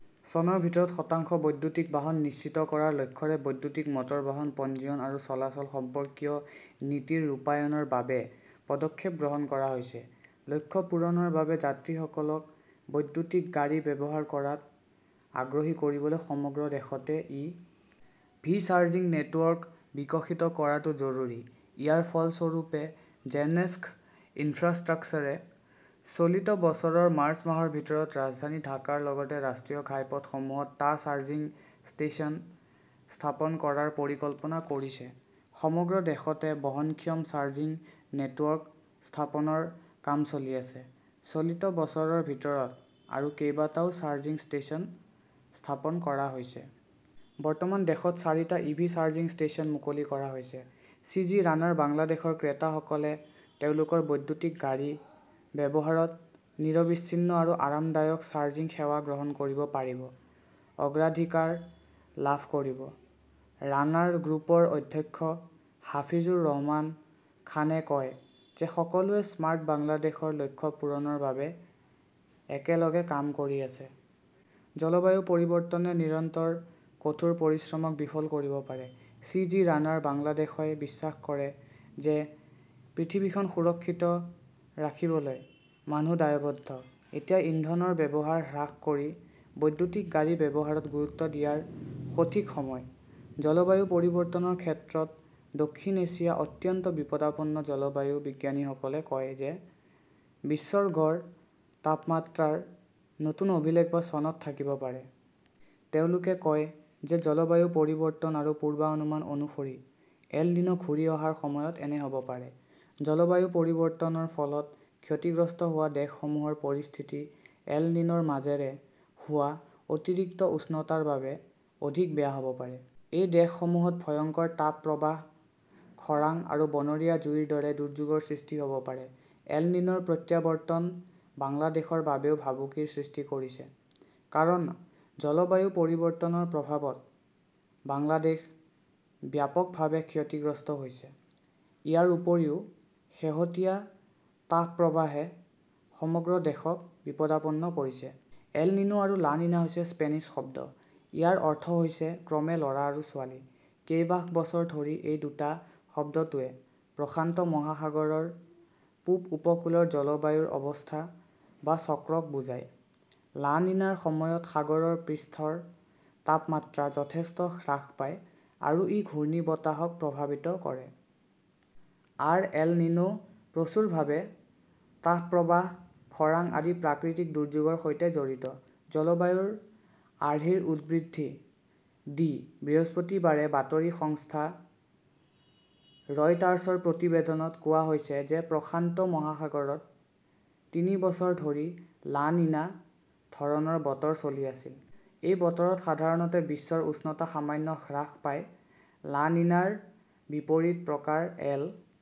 চনৰ ভিতৰত শতাংশ বৈদ্যুতিক বাহন নিশ্চিত কৰাৰ লক্ষ্যৰে বৈদ্যুতিক মটৰ বাহন পঞ্জীয়ন আৰু চলাচল সম্পৰ্কীয় নীতি- ৰ ৰূপায়ণৰ বাবে পদক্ষেপ গ্ৰহণ কৰা হৈছে। লক্ষ্য পূৰণৰ বাবে যাত্ৰীসকলক বৈদ্যুতিক গাড়ী ব্যৱহাৰ কৰাত আগ্ৰহী কৰিবলৈ সমগ্ৰ দেশতে ই. ভি. চাৰ্জিং নেটৱৰ্ক বিকশিত কৰাটো জৰুৰী। ইয়াৰ ফলস্বৰূপে, জেনেক্স ইনফ্ৰাষ্ট্ৰাকচাৰে চলিত বছৰৰ মাৰ্চ মাহৰ ভিতৰত ৰাজধানী ঢাকাৰ লগতে ৰাষ্ট্ৰীয় ঘাইপথসমূহত টা চাৰ্জিং ষ্টেচন স্থাপন কৰাৰ পৰিকল্পনা কৰিছে। সমগ্ৰ দেশতে বহনক্ষম চাৰ্জিং নেটৱৰ্ক স্থাপনৰ কাম চলি আছে, চলিত বছৰৰ ভিতৰত আৰু কেইবাটাও চাৰ্জিং ষ্টেচন স্থাপন কৰা হৈছে। বৰ্তমান দেশত চাৰিটা ই ভি চাৰ্জিং ষ্টেচন মুকলি কৰা হৈছে। চি. জি. ৰানাৰ বাংলাদেশৰ ক্ৰেতাসকলে তেওঁলোকৰ বৈদ্যুতিক গাড়ী ব্যৱহাৰত নিৰবিচ্ছিন্ন আৰু আৰামদায়ক চাৰ্জিং সেৱা গ্ৰহণ কৰিব পাৰিব; অগ্ৰাধিকাৰ লাভ কৰিব। ৰানাৰ গ্ৰুপৰ অধ্যক্ষ হাফিজুৰ ৰহমান খানে কয় যে সকলোৱে স্মাৰ্ট বাংলাদেশৰ লক্ষ্য পূৰণৰ বাবে একেলগে কাম কৰি আছে। জলবায়ু পৰিৱৰ্তনে নিৰন্তৰ কঠোৰ পৰিশ্ৰমক বিফল কৰিব পাৰে। চি. জি. ৰানাৰ বাংলাদেশই বিশ্বাস কৰে যে পৃথিৱীখন সুৰক্ষিত ৰাখিবলৈ মানুহ দায়বদ্ধ। এতিয়া ইন্ধনৰ ব্যৱহাৰ হ্ৰাস কৰি বৈদ্যুতিক গাড়ী ব্যৱহাৰত গুৰুত্ব দিয়াৰ সঠিক সময়। জলবায়ু পৰিৱৰ্তনৰ ক্ষেত্ৰত দক্ষিণ এছিয়া অত্যন্ত বিপদাপন্ন জলবায়ু বিজ্ঞানীসকলে কয় যে বিশ্বৰ গড় তাপমাত্ৰাৰ নতুন অভিলেখ বা চনত থাকিব পাৰে। তেওঁলোকে কয় যে জলবায়ু পৰিৱৰ্তন আৰু পূৰ্বানুমান অনুসৰি 'এল নিনো "ঘূৰি অহাৰ সময়ত এনে হ" ব পাৰে। জলবায়ু পৰিৱৰ্তনৰ ফলত ক্ষতিগ্ৰস্ত হোৱা দেশসমূহৰ পৰিস্থিতি এল নিন "ৰ মাজেৰে হোৱা অতিৰিক্ত উষ্ণতাৰ বাবে অধিক বেয়া হ" ব পাৰে। এই দেশসমূহত ভয়ংকৰ তাপপ্ৰবাহ, খৰাং আৰু বনৰীয়া জুইৰ দৰে দুৰ্যোগৰ সৃষ্টি হ "ব পাৰে। এল নিন "ৰ প্ৰত্যাৱৰ্তন বাংলাদেশৰ বাবেও ভাবুকিৰ সৃষ্টি কৰিছে। কাৰণ, জলবায়ু পৰিৱৰ্তনৰ প্ৰভাৱত বাংলাদেশ ব্যাপকভাৱে ক্ষতিগ্ৰস্ত হৈছে। ইয়াৰ উপৰিও শেহতীয়া তাপপ্ৰবাহে সমগ্ৰ দেশক বিপদাপন্ন কৰিছে। এল নিনো আৰু লা নিনা হৈছে স্পেনিছ শব্দ। ইয়াৰ অৰ্থ হৈছে ক্ৰমে ল "ৰা আৰু ছোৱালী। কেইবাশ বছৰ ধৰি এই দুটা শব্দটোৱে প্ৰশান্ত মহাসাগৰৰ পূব উপকূলৰ জলবায়ুৰ অৱস্থা বা চক্ৰক বুজায়। লা নিনাৰ সময়ত সাগৰৰ পৃষ্ঠৰ তাপমাত্ৰা যথেষ্ট হ্ৰাস পায় আৰু ই ঘূৰ্ণীবতাহক প্ৰভাৱিত কৰে। আৰ এল নিনো প্ৰচুৰভাৱে তাপপ্ৰবাহ, খৰাং আদি প্ৰাকৃতিক দুৰ্যোগৰ সৈতে জড়িত। জলবায়ুৰ আৰ্হিৰ উদ্ধৃতি দি বৃহস্পতিবাৰে বাতৰি সংস্থা ৰয়টাৰ্ছৰ প্ৰতিবেদনত কোৱা হৈছে যে প্ৰশান্ত মহাসাগৰত তিনি বছৰ ধৰি লা নিনা ধৰণৰ বতৰ চলি আছিল। এই বতৰত সাধাৰণতে বিশ্বৰ উষ্ণতা সামান্য হ্ৰাস পায়। লা নিনাৰ বিপৰীত প্ৰকাৰ এল